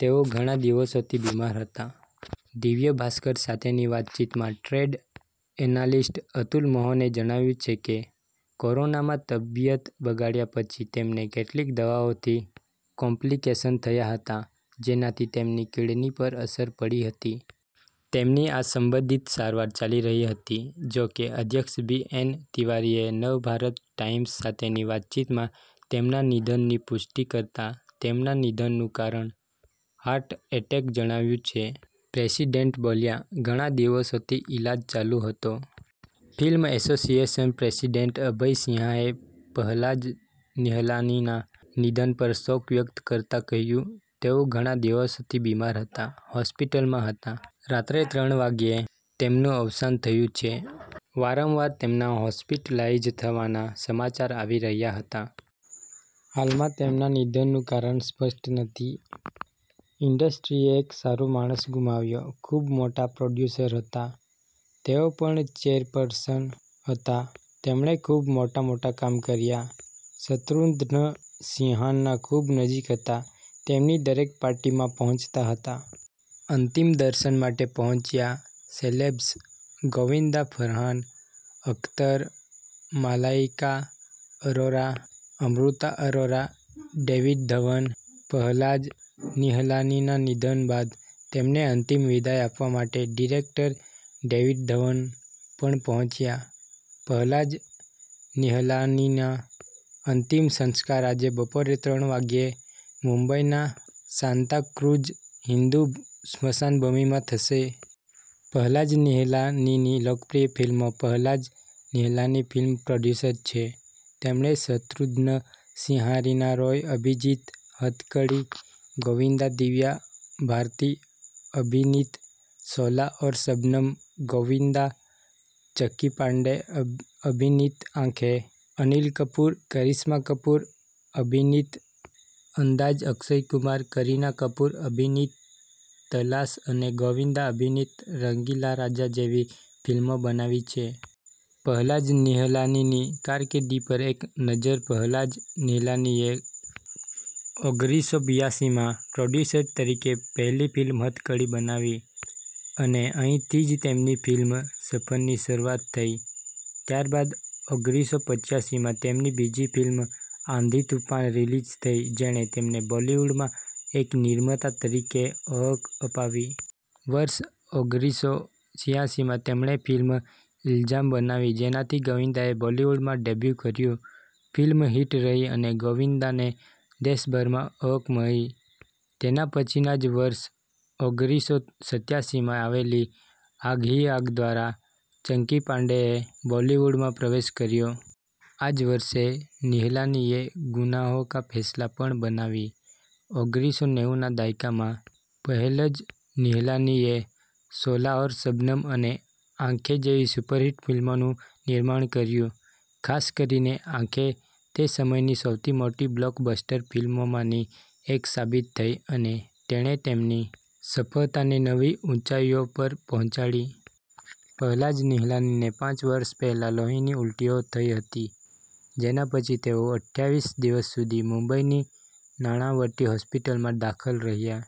તેઓ ઘણા દિવસોથી બીમાર હતા. દિવ્ય ભાસ્કર સાથેની વાતચીતમાં ટ્રેડ એનાલિસ્ટ અતુલ મોહને જણાવ્યું છે કે, "કોરોનામાં તબિયત બગડ્યા પછી તેમને કેટલીક દવાઓથી કોમ્પ્લિકેશન્સ થયા હતા, જેનાથી તેમની કિડની પર અસર પડી હતી. તેમની આ સંબંધિત સારવાર ચાલી રહી હતી." જોકે, અધ્યક્ષ બી. એન. તિવારીએ નવભારત ટાઈમ્સ સાથેની વાતચીતમાં તેમના નિધનની પુષ્ટિ કરતા તેમના નિધનનું કારણ હાર્ટ એટેક જણાવ્યું છે. પ્રેસિડેન્ટ બોલ્યા, "ઘણા દિવસોથી ઇલાજ ચાલુ હતો." ફિલ્મ એસોસિએશન પ્રેસિડેન્ટ અભય સિંહાએ પહલાજ નિહલાનીના નિધન પર શોક વ્યક્ત કરતા કહ્યું, "તેઓ ઘણા દિવસોથી બીમાર હતા, હોસ્પિટલમાં હતા. રાત્રે ત્રણ વાગ્યે તેમનું અવસાન થયું છે. વારંવાર તેમના હોસ્પિટલાઇઝ થવાના સમાચાર આવી રહ્યા હતા. હાલમાં તેમના નિધનનું કારણ સ્પષ્ટ નથી." ઇન્ડસ્ટ્રીએ એક સારો માણસ ગુમાવ્યો. ખૂબ મોટા પ્રોડ્યુસર હતા. તેઓ પણ ચેરપર્સન હતા. તેમણે ખૂબ મોટા-મોટા કામ કર્યા. શત્રુઘ્ન સિંહાના ખૂબ નજીક હતા, તેમની દરેક પાર્ટીમાં પહોંચતા હતા. અંતિમ દર્શન માટે પહોંચ્યાં સેલેબ્સ:- ગોવિંદા, ફરહાન, અખ્તર, મલાઈકા અરોરા, અમૃતા અરોરા, ડેવિડ ધવન. પહલાજ નિહલાનીના નિધન બાદ તેમને અંતિમ વિદાય આપવા માટે ડિરેક્ટર ડેવિડ ધવન પણ પહોંચ્યા. પહલાજ નિહલાનીના અંતિમ સંસ્કાર આજે બપોરે ત્રણ વાગ્યે મુંબઈના સાન્તાક્રુઝ હિંદુ સ્મશાનભૂમિમાં થશે. પહલાજ નિહલાનીની લોકપ્રિય ફિલ્મો:- પહલાજ નિહલાની ફિલ્મ પ્રોડ્યુસર છે. તેમણે શત્રુઘ્ન સિંહા-રીના રોય અભિનીત 'હથકડી', ગોવિંદા-દિવ્યા ભારતી અભિનીત 'શોલા ઔર શબનમ', ગોવિંદા-ચંકી પાંડે અભિનીત 'આંખેં', અનિલ કપૂર-કરિશ્મા કપૂર અભિનીત 'અંદાઝ', અક્ષય કુમાર-કરીના કપૂર અભિનીત 'તલાશ', અને ગોવિંદા અભિનીત 'રંગીલા રાજા' જેવી ફિલ્મો બનાવી છે. પહલાજ નિહલાનીની કારકિર્દી પર એક નજર:- પહલાજ નિહલાનીએ ઓગરીસો બિયાસી માં પ્રોડ્યુસર તરીકે પહેલી ફિલ્મ 'હથકડી' બનાવી અને અહીંથી જ તેમની ફિલ્મી સફરની શરૂઆત થઈ. ત્યારબાદ ઓગરીસો પંચ્યાસીમાં તેમની બીજી ફિલ્મ 'આંધી-તૂફાન' રિલીઝ થઈ, જેણે તેમને બોલિવૂડમાં એક નિર્માતા તરીકે ઓળખ અપાવી. વર્ષ ઓગરીસો છીયાસી માં તેમણે ફિલ્મ 'ઇલ્ઝામ' બનાવી, જેનાથી ગોવિંદાએ બોલિવૂડમાં ડેબ્યૂ કર્યું. ફિલ્મ હિટ રહી અને ગોવિંદાને દેશભરમાં ઓળખ મળી. તેના પછીના જ વર્ષ ઓગરીસો સત્યાસીમાં આવેલી 'આગ હી આગ' દ્વારા ચંકી પાંડેએ બોલિવૂડમાં પ્રવેશ કર્યો. આ જ વર્ષે નિહલાનીએ 'ગુનાહો કા ફૈસલા' પણ બનાવી. ઓગરીસો નેવું ના દાયકામાં પહેલજ નિહલાનીએ 'શોલા ઔર શબનમ' અને 'આંખે' જેવી સુપરહિટ ફિલ્મોનું નિર્માણ કર્યું. ખાસ કરીને 'આંખે' તે સમયની સૌથી મોટી બ્લોકબસ્ટર ફિલ્મોમાંની એક સાબિત થઈ અને તેણે તેમની સફળતાને નવી ઊંચાઈઓ પર પહોંચાડી. પહલાજ નિહલાનીને પાંચ વર્ષ પહેલા લોહીની ઊલટીઓ થઈ હતી, જેના પછી તેઓ અઠયાવીસ દિવસ સુધી મુંબઈની નાણાવટી હોસ્પિટલમાં દાખલ રહ્યા.